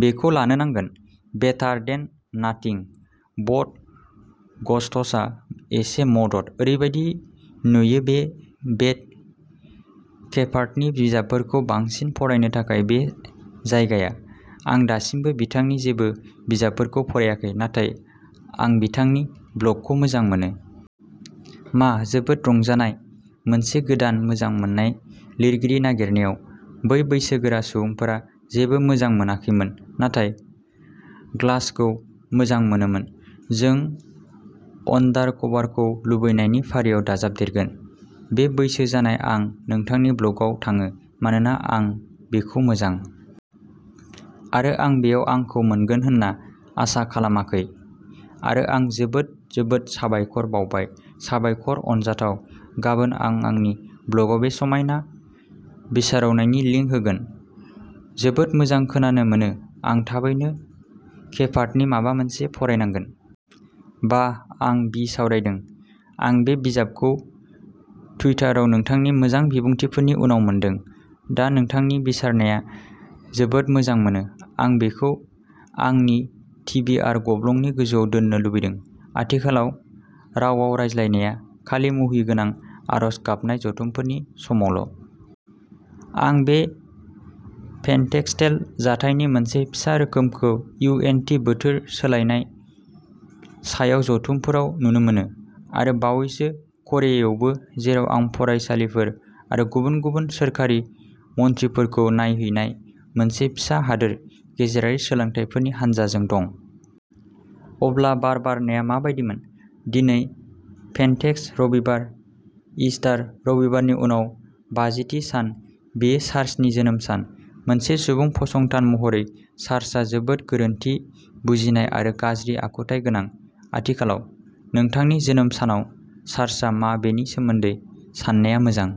बेखौ लानो नांगोन। बेटार देन नाथिं ब'ट गस्ट'सआ एसे मदद। ओरैबायदि नुयो बे बेथ केफार्टनि बिजाबफोरखौ बांसिन फरायनो थाखाय बे जायगाया। आं दासिमबो बिथांनि जेबो बिजाबफोरखौ फरायाखै। नाथाय आं बिथांनि ब्लगखौ मोजां मोनो। मा जोबोद रंजानाय मोनसे गोदान मोजां मोनजानाय लिरगिरि नागिरनायाव। बे बैसोगोरा सुबुंफोरा जेबो मोजां मोनाखैमोन। नाथाय ग्लासखौ मोजां मोनोमोन। जों अनडारकभारखौ लुबैनायनि फारियाव दाजाबदेरगोन। बे बैसो जानाय आं नोंथांनि ब्लगआव थाङो मानोना आं बेखौ मोजां मोनो। आरो आं बेयाव आंखौ मोनगोन होनना आसा खालामाखै। आरो आं जोबोद जोबोद साबायखर बावबाय। साबायखर अनजाथाव। गाबोन आं आंनि ब्लगआव बे समायना बिसावरायनायनि लिंक होगोन। जोबोद मोजां खोनानो मोनो। आं थाबैनो केफार्टनि माबा मोनसे फरायनांगोन। बाह आं मा बिसावरायदों। आं बे बिजाबखौ टुइटाराव नोंथांनि मोजां बिबुंथिफोरनि उनाव मोनदों। दा नोंथांनि बिसावरायनाया जोबोद मोजां मोनो। आं बेखौ आंनि टिबिआर गब्लंनि गोजौआव दोननो लुबैदों। आथिखालाव रावाव रायज्लायनाया खालि मुहिनिगोनां आर'ज गाबनाय जथुमफोरनि समावल'। आं बे पेन्टेकस्टेल जाथायनि मोनसे फिसा रोखोमखौ इउ एन नि बोथोर सोलायनाय सायाव जथुमफोराव नुनो मोनो। आरो बावैसो करियायावबो जेराव आं फरायसालिफोर आरो गुबुन गुबुन सोरखारि मन्थ्रिफोरखौ नायहैनाय मोनसे फिसा हादोर गेजेरारि सोलोंथायगिरिफोरनि हानजाजों दंमोन। अब्ला बार बारनाया माबायदिमोन। दिनै पेन्टेकस्ट रबिबार, ईस्टर रबिबारनि उनाव बाजिथि सान। बेयो चार्चनि जोनोम सान। मोनसे सुबुं फसंथान महरै चार्चआ जोबोद गोरोन्थि बुजिनाय आरो गाज्रि आखुथाय गोनां। आथिखालाव। नोंथांनि जोनोम सानाव चार्चआ मा बेनि सोमोन्दै साननाया मोजां।